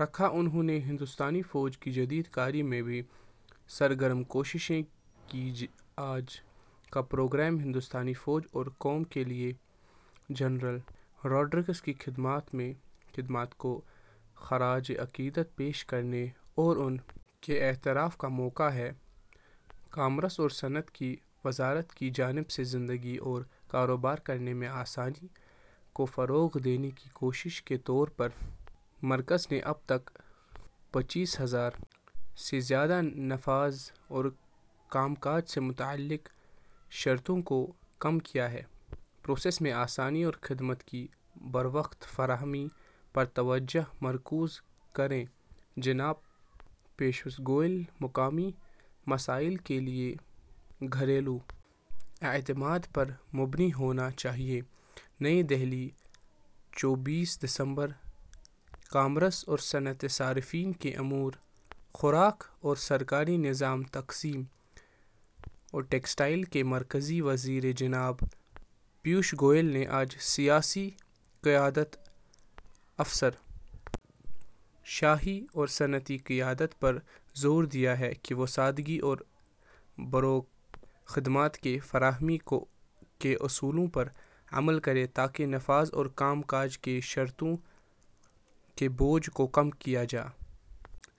رکھا انہوں نے ہندوستانی فوج کی جدید کاری میں بھی سرگرم کوششیں کیں آج کا پروگرام ہندوستانی فوج اور قوم کے لیے جنرل روڈرکس کی خدمات کو خراج عقیدت پیش کرنے اور ان کے اعتراف کا موقع ہے کامرس اور صنعت کی وزارت کی جانب سے زندگی اور کاروبار کرنے میں آسانی کو فروغ دینے کی کوشش کے طور پر مرکز نے اب تک پچیس ہزار سے زیادہ نفاذ اور کام کاج سے متعلق شرطوں کو کم کیا ہے پروسیس میں آسانی اور خدمات کی بروقت فراہمی پر توجہ مرکوز کریں جناب پیوش گوئل مقامی مسائل کے لیے گھریلو اعتماد پر مبنی ہونا چاہیے نئی دہلی چوبیس دسمبر کامرس اور صنعت صارفین کے امور خوراک اور سرکاری نظام تقسیم اور ٹیکسٹائل کے مرکزی وزیر جناب پیوش گوئل نے آج سیاسی قیادت افسر شاہی اور صنعتی قیادت پر زور دیا کہ وہ سادگی اور بروقت خدمات کی فراہمی کے اصولوں پر عمل کریں تاکہ نفاذ اور کام کاج کی شرطوں کے بوجھ کو کم کیا جا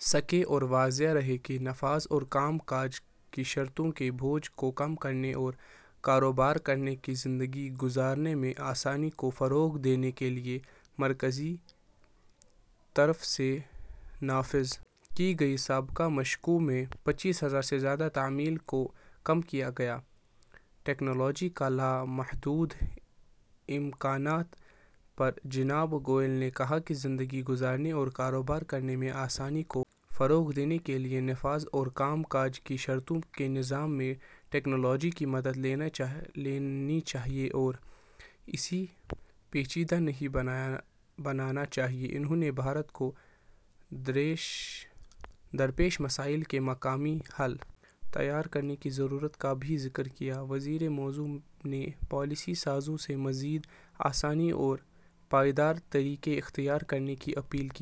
سکے واضح رہے کہ نفاذ اور کام کاج کی شرطوں کے بوجھ کو کم کرنے اور کاروبار کرنے اور زندگی گزارنے میں آسانی کو فروغ دینے کے لیے مرکز کی طرف سے نافذ کی گئی سابقہ مشقوں میں پچیس ہزار سے زیادہ تعمیل کو کم کیا گیا ہے ٹیکنالوجی کے لامحدود امکانات پر جناب گوئل نے کہا کہ زندگی گزارنے اور کاروبار کرنے میں آسانی کو فروغ دینے کے لیے نفاذ اور کام کاج کی شرطوں کے نظام میں ٹیکنالوجی کی مدد لینی چاہیے اور اسے پیچیدہ نہیں بنانا چاہیے انہوں نے بھارت کو درپیش مسائل کے مقامی حل تیار کرنے کی ضرورت کا بھی ذکر کیا وزیر موصوف نے پالیسی سازوں سے مزید آسان اور پائیدار طریقے اختیار کرنے کی اپیل کی